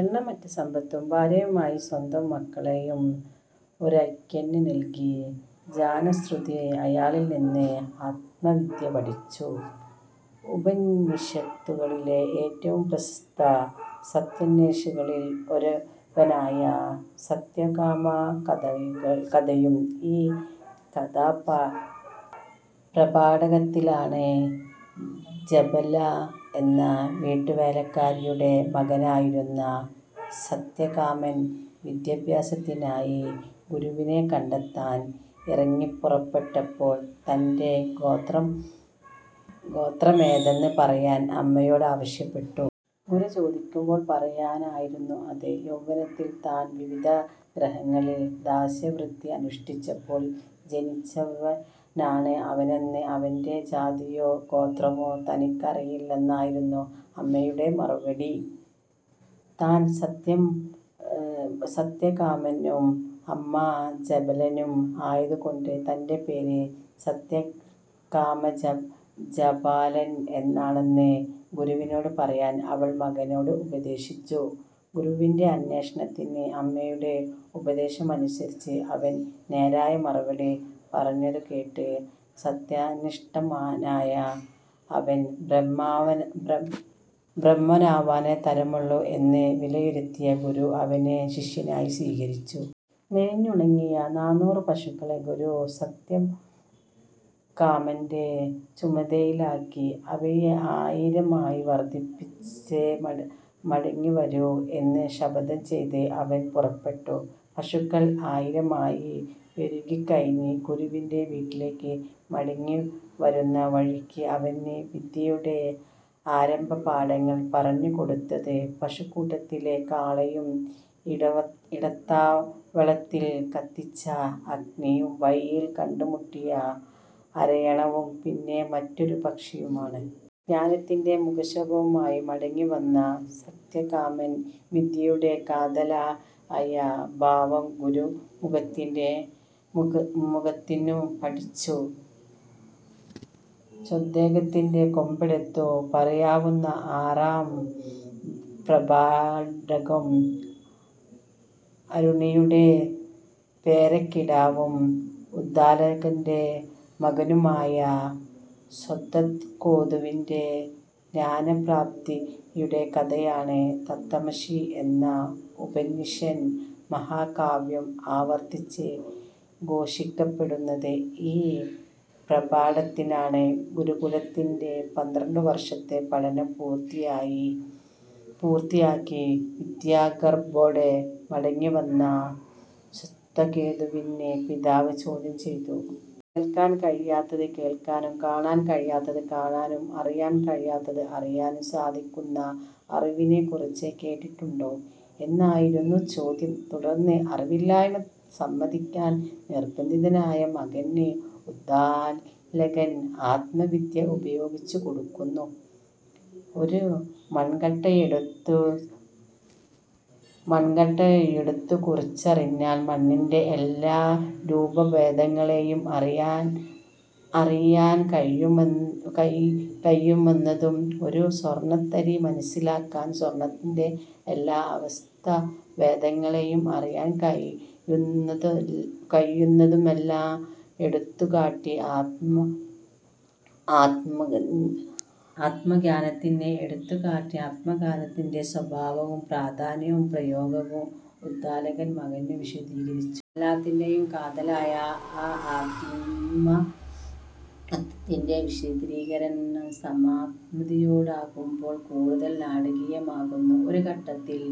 എണ്ണമറ്റ സമ്പത്തും ഭാര്യയായി സ്വന്തം മകളേയും രൈക്വന് നൽകി ജാനശ്രുതി അയാളിൽ നിന്ന് ആത്മവിദ്യ പഠിച്ചു. ഉപനിഷത്തുകളിലെ ഏറ്റവും പ്രശസ്ത സത്യാന്വേഷികളിൽ ഒരുവനായ സത്യകാമ കഥയും ഈ പ്രപാഠകത്തിലാണ്. ജബല എന്ന വീട്ടുവേലക്കാരിയുടെ മകനായിരുന്ന സത്യകാമൻ വിദ്യാഭ്യാസത്തിനായി ഗുരുവിനെ കണ്ടെത്താൻ ഇറങ്ങിപ്പുറപ്പെട്ടപ്പോൾ, തന്റെ ഗോത്രമേതെന്ന് പറയാൻ അമ്മയോടാവശ്യപ്പെട്ടു. ഗുരു ചോദിക്കുമ്പോൾ പറയാനായിരുന്നു അത്. യൗവനത്തിൽ താൻ വിവിധഗൃഹങ്ങളിൽ ദാസ്യവൃത്തി അനുഷ്ഠിച്ചിരുന്നപ്പോൾ ജനിച്ചവനാണ് അവനെന്നും അവന്റെ ജാതിയോ ഗോത്രമോ തനിക്കറിയില്ലെന്നായിരുന്നു അമ്മയുടെ മറുപടി. താൻ സത്യകാമനും അമ്മ ജബലയും ആയതുകൊണ്ട് തന്റെ പേര് സത്യകാമജാബാലൻ എന്നാണെന്ന് ഗുരുവിനോടു പറയാൻ അവൾ മകനെ ഉപദേശിച്ചു. ഗുരുവിന്റെ അന്വേഷണത്തിന് അമ്മയുടെ ഉപദേശമനുസരിച്ച് അവൻ നേരായ മറുപടി പറഞ്ഞതുകേട്ട്, സത്യനിഷ്ഠനായ അവൻ ബ്രാഹ്മണനാവാനേ തരമുള്ളു എന്ന് വിലയിരുത്തിയ ഗുരു അവനെ ശിഷ്യനായി സ്വീകരിച്ചു. മെലിഞ്ഞുണങ്ങിയ നാണൂറു പശുക്കളെ ഗുരു സത്യകാമന്റെ ചുമതലയിലാക്കി. അവയെ ആയിരമായി വർദ്ധിപ്പിച്ചേ മടങ്ങി വരൂ എന്ന് ശപഥം ചെയ്ത് അവൻ പുറപ്പെട്ടു. പശുക്കൾ ആയിരമായി പെരുകിക്കഴിഞ്ഞ് ഗുരുവിന്റെ വീട്ടിലേയ്ക്ക് മടങ്ങിവരുന്ന വഴിയ്ക്ക് അവന് വിദ്യയുടെ ആരംഭപാഠങ്ങൾ പറഞ്ഞുകൊടുത്തത് പശുക്കൂട്ടത്തിലെ കാളയും, ഇടത്താവളത്തിൽ കത്തിച്ച അഗ്നിയും, വഴിയിൽ കണ്ടുമുട്ടിയ അരയന്നവും പിന്നെ മറ്റൊരു പക്ഷിയുമാണ്. ജ്ഞാനത്തിന്റെ മുഖശോഭയുമായി മടങ്ങിവന്ന സത്യാകാമൻ വിദ്യയുടെ കാതലായ ഭാഗം ഗുരുമുഖത്തുനിന്നും പഠിച്ചു. ഛാന്ദോഗ്യത്തിന്റെ കാമ്പെന്നു പറയാവുന്ന ആറാം പ്രപാഠകം, അരുണിയുടെ പേരക്കിടാവും ഉദ്ദാലകന്റെ മകനുമായ ശ്വേതകേതുവിന്റെ ജ്ഞാനപ്രാപ്തിയുടെ കഥയാണ്. തത്ത്വമസി എന്ന ഉപനിഷൽ മഹാവാക്യം ആവർത്തിച്ച് ഘോഷിക്കപ്പെടുന്നതും ഈ പ്രപാഠത്തിലാണ്. ഗുരുകുലത്തിൽ പന്ത്രണ്ടുവർഷത്തെ പഠനം പൂർത്തിയാക്കി വിദ്യാഗർവ്വോടെ മടങ്ങി വന്ന ശ്വേതകേതുവിനെ പിതാവ് ചോദ്യം ചെയ്തു. "കേൾക്കാൻ കഴിയാത്തത് കേൾക്കാനും, കാണാൻ കഴിയാത്തത് കാണാനും, അറിയാൻ കഴിയാത്തത് അറിയാനും സാധ്യമാക്കുന്ന അറിവിനെക്കുറിച്ച് കേട്ടിട്ടുണ്ടോ" എന്നായിരുന്നു ചോദ്യം. തുടർന്ന്, അറിവില്ലായ്മ സമ്മതിക്കാൻ നിർബ്ബന്ധിതനായ മകന് ഉദ്ദാലകൻ ആത്മവിദ്യ ഉപദേശിച്ചു കൊടുക്കുന്നു. ഒരു മൺകട്ടയെക്കുറിച്ചറിഞ്ഞാൽ മണ്ണിന്റെ എല്ലാരൂപഭേദങ്ങളേയും അറിയാൻ അറിയാൻ കഴിയുമെന്നതും, ഒരു സ്വർണ്ണത്തരിയെ മനസ്സിലാക്കിയാൽ സ്വർണ്ണത്തിന്റെ എല്ലാ അവസ്ഥാഭേദങ്ങളേയും അറിയാൻ കഴിയുന്നതുമെല്ലാം എടുത്തുകാട്ടി ആത്മജ്ഞാനത്തിന്റെ സ്വഭാവവും പ്രാധാന്യവും പ്രയോജനവും ഉദ്ദാലകൻ മകനു വിശദീകരിച്ചു. എല്ലാത്തിന്റേയും കാതലായ ആ ആത്മതത്ത്വത്തിന്റെ വിശദീകരണം സമാപ്തിയോടടുക്കുമ്പോൾ കൂടുതൽ നാടകീയമാകുന്നു. ഒരു ഘട്ടത്തിൽ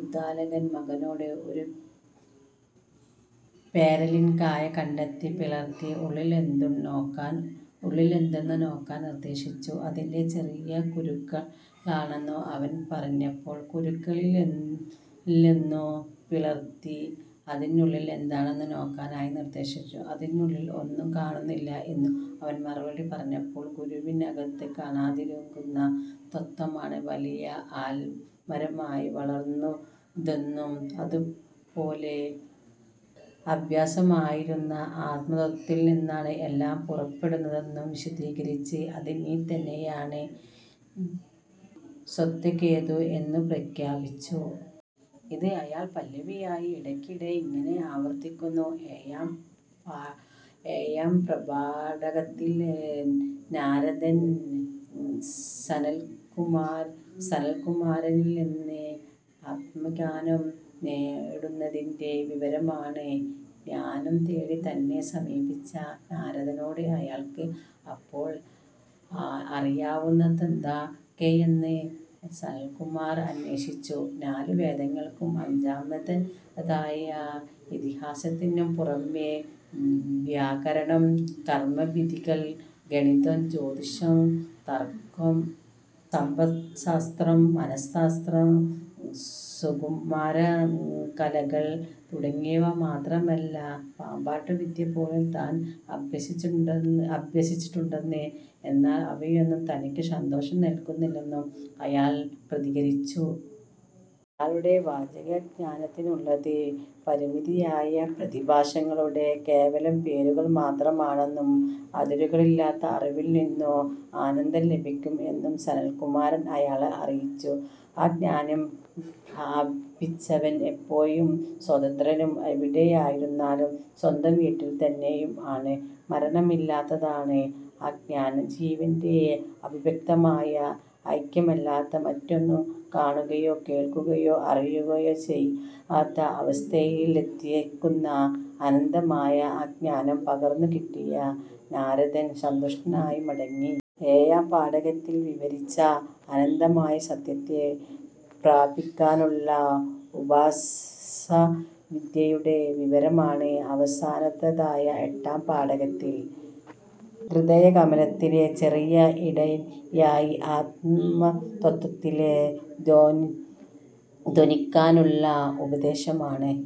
ഉദ്ദാലകൻ മകനോട് ഒരു പേരാലിൻ കായ കണ്ടെത്തി പിളർത്തി ഉള്ളിലെന്തെന്നു നോക്കാൻ നിർദ്ദേശിച്ചു. അതിൽ ചെറിയ കുരുക്കളാണെന്ന് അവൻ പറഞ്ഞപ്പോൾ കുരുക്കളിലൊന്നു പിളർത്തി, അതിനുള്ളിൽ എന്താണെന്നു നോക്കാനായി നിർദ്ദേശം. അതിനുള്ളിൽ ഒന്നും കാണുന്നില്ല എന്ന് അവൻ മറുപടി പറഞ്ഞപ്പോൾ, കുരുവിനകത്ത് കാണാതിരിക്കുന്ന തത്ത്വമാണ് വലിയ ആൽമരമായി വളരുന്നതെന്നും അതുപോലെ അദൃശ്യമായിരിക്കുന്ന ആത്മതത്ത്വത്തിൽ നിന്നാണ് എല്ലാം പുറപ്പെടുന്നതെന്നും വിശദീകരിച്ചിട്ട്, "അത് നീ തന്നെയാണ് ശ്വേതകേതൂ" എന്ന് പ്രഖ്യാപിച്ചു. ഇത് അയാൾ പല്ലവിയായി ഇടക്കിടെ ഇങ്ങനെ ആവർത്തിക്കുന്നു:- ഏഴാം പ്രപാഠകത്തിൽ നാരദൻ സനൽകുമാരനിൽ നിന്നു ആത്മജ്ഞാനം നേടുന്നതിന്റെ വിവരണമാണ്. ജ്ഞാനം തേടി തന്നെ സമീപിച്ച നാരദനോട് അയാൾക്ക് അപ്പോൾ അറിയാവുന്നതെന്തൊക്കെയാണെന്ന് സനൽകുമാരൻ അന്വേഷിച്ചു. നാലു വേദങ്ങൾക്കും അഞ്ചാമത്തേതായ ഇതിഹാസത്തിനും പുറമേ വ്യാകരണം, കർമ്മവിധികൾ, ഗണിതം, ജ്യോതിഷം, തർക്കം, സമ്പദ്ശാസ്ത്രം, മനശാസ്ത്രം, സുകുമാരകലകൾ തുടങ്ങിയവ മാത്രമല്ല, പാമ്പാട്ടുവിദ്യപോലും താൻ അഭ്യസിച്ചിട്ടുണ്ടെന്നും എന്നാൽ അവയൊന്നും തനിക്ക് സന്തോഷം നൽകുന്നില്ലെന്നും അയാൾ പ്രതികരിച്ചു. അയാളുടെ വാചജ്ഞാനത്തിലുള്ളത് പരിമിതമായ പ്രതിഭാസങ്ങളുടെ കേവലം പേരുകൾ മാത്രമാണെന്നും, അതിരുകളില്ലാത്ത അറിവിൽ നിന്നേ ആനന്ദം ലഭിക്കൂ എന്നും സനൽകുമാരൻ അയാളെ അറിയിച്ചു. ആ ജ്ഞാനം പ്രാപിച്ചവൻ എപ്പോഴും സ്വതന്ത്രനും എവിടെയായിരുന്നാലും സ്വന്തം വീട്ടിൽ തന്നെയും ആണ്. മരണമില്ലാത്തതാണ് ആ ജ്ഞാനം. ജീവന്റെ അവിഭക്തമായ ഐക്യമല്ലാതെ മറ്റൊന്നും കാണുകയോ, കേൾക്കുകയോ, അറിയുകയോ ചെയ്യാത്ത അവസ്ഥയിലെത്തിക്കുന്ന അനന്തമായ ആ ജ്ഞാനം പകർന്നുകിട്ടിയ നാരദൻ സന്തുഷ്ടനായി മടങ്ങി. ഏഴാം പ്രപാഠകത്തിൽ വിവരിച്ച അനന്തമായ സത്യത്തെ പ്രാപിക്കാനുള്ള ഉപാസനാവിദ്യയുടെ വിവരണമാണ് അവസാനത്തേതായ എട്ടാം പ്രപാഠകത്തിൽ. ഹൃദയകമലത്തിലെ ചെറിയ ഇടമായി ആത്മതത്ത്വത്തെ ധ്യാനിക്കാനുള്ള ഉപദേശമാണത്.